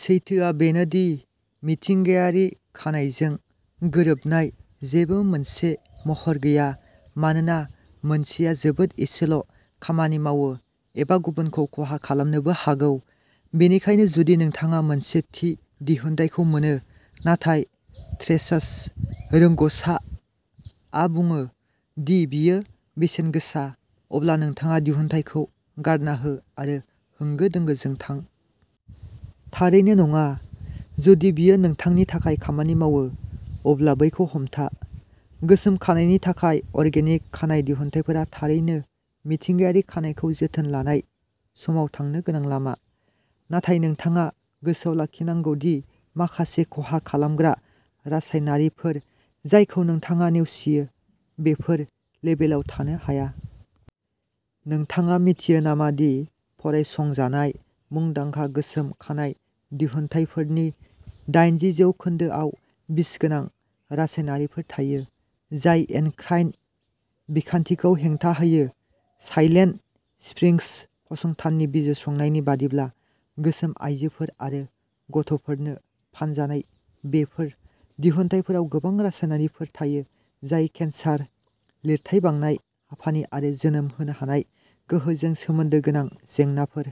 सैथोआ बेनो दि, मिथिंगायारि खानाइजों गोरोबनाय जेबो मोनसे महर गैया मानोना मोनसेया जोबोद एसेल' खामानि मावो एबा गुबुनखौ खहा खालामनोबो हागौ, बेनिखायनो जुदि नोंथाङा मोनसे थि दिहुनथाइखौ मोनो, नाथाय "ट्रेसेस रोंग'सा" आ बुङो दि बेयो बेसेनगोसा, अब्ला नोंथाङा दिहुनथायखौ गारना हो आरो होंगो दोंगोजों थां? थारैनो नङा! जुदि बेयो नोंथांनि थाखाय खामानि मावो, अब्ला बेखौ हमथा! गोसोम खानाइनि थाखाय अर्गेनिक खानाइ दिहुनथायफोरा थारैनो मिथिंगायारि खानाइखौ जोथोन लानाय समाव थांनो गोनां लामा, नाथाय नोंथाङा गोसोआव लाखिनांगौ दि माखासे खहा खालामग्रा रासायनारिफोर जायखौ नोंथाङा नेवसियो, बेफोर लेबेलआव थानो हाया। नोंथाङा मिथियो नामा दि फरायसंजानाय मुंदांखा गोसोम खानाइ दिहुनथायफोरनि दाइनजि जौखोनदो आव बिसगोनां रासायनारिफोर थायो जाय एन्डक्राइन बिखान्थिखौ "हेंथा" होयो? साइलेन्ट स्प्रिंग्स फसंथाननि बिजिरसंनायनि बायदिब्ला, गोसोम आयजोफोर आरो गथ'फोरनो फानजानाय बेफोर दिहुनथायफोराव गोबां रासायनारिफोर थायो, जाय केन्सार, लिरथाय बांनाय, हापानि आरो जोनोम होनो हानाय गोहोजों सोमोन्दो गोनां जेंनाफोर।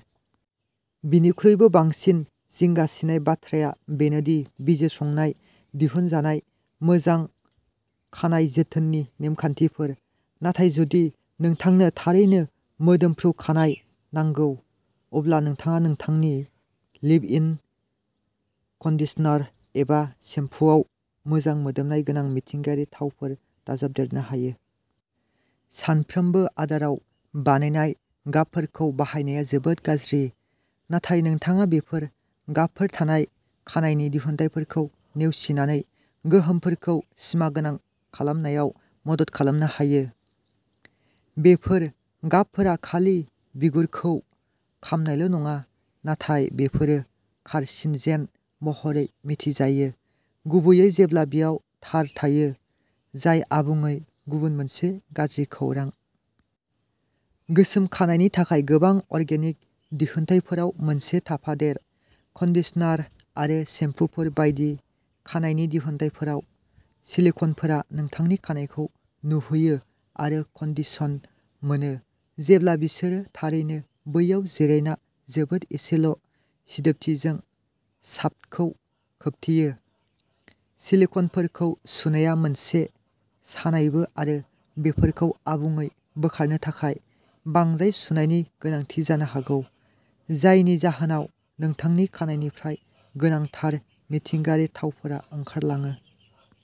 बेनिख्रुइबो बांसिन जिंगासिनाय बाथ्राया बेनो दि बिजिरसंनाय दिहुनजानाय मोजां खानाय जोथोननि नेमखान्थिफोर, नाथाय जुदि नोंथांनो थारैनो मोदोमफ्रु खानाय नांगौ, अब्ला नोंथाङा नोंथांनि लिभ-इन कन्डिशनार एबा सेम्पुआव मोजां मोदोमनाय गोनां मिथिंगायारि थावफोर दाजाबदेरनो हायो। सानफ्रोमबो आदाराव बानायनाय गाबफोरखौ बाहायनाया जोबोद गाज्रि, नाथाय नोंथाङा बेफोर गाबफोर थानाय खानाइनि दिहुनथायफोरखौ नेवसिनानै गोहोमफोरखौ सिमागोनां खालामनायाव मदद खालामनो हायो। बेफोर गाबफोरा खालि बिगुरखौ खामनायल' नङा, नाथाय बेफोरो कार्सिन'जेन महरै मिथिजायो, गुबैयै जेब्ला बेयाव टार थायो जाय आबुङै गुबुन मोनसे गाज्रि खौरां। गोसोम खानाइनि थाखाय गोबां अर्गेनिक दिहुनथायफोराव मोनसे थाफादेर, कन्डिशनार आरो सेम्पुफोर बायदि खानाइनि दिहुनथायफोराव सिलिक'नफोरा नोंथांनि खानाइखौ नुहोयो आरो कन्डिशन्ड मोनो जेब्ला बिसोरो थारैनो बैयाव जिरायना जोबोद एसेल' सिदोबथिजों शाफ्टखौ खोबथेयो। सिलिक'नफोरखौ सुनाया मोनसे सानायबो आरो बेफोरखौ आबुङै बोखारनो थाखाय बांद्राय सुनायनि गोनांथि जानो हागौ, जायनि जाहोनाव नोंथांनि खानाइनिफ्राय गोनांथार मिथिंगायारि थावफोरा ओंखारलाङो।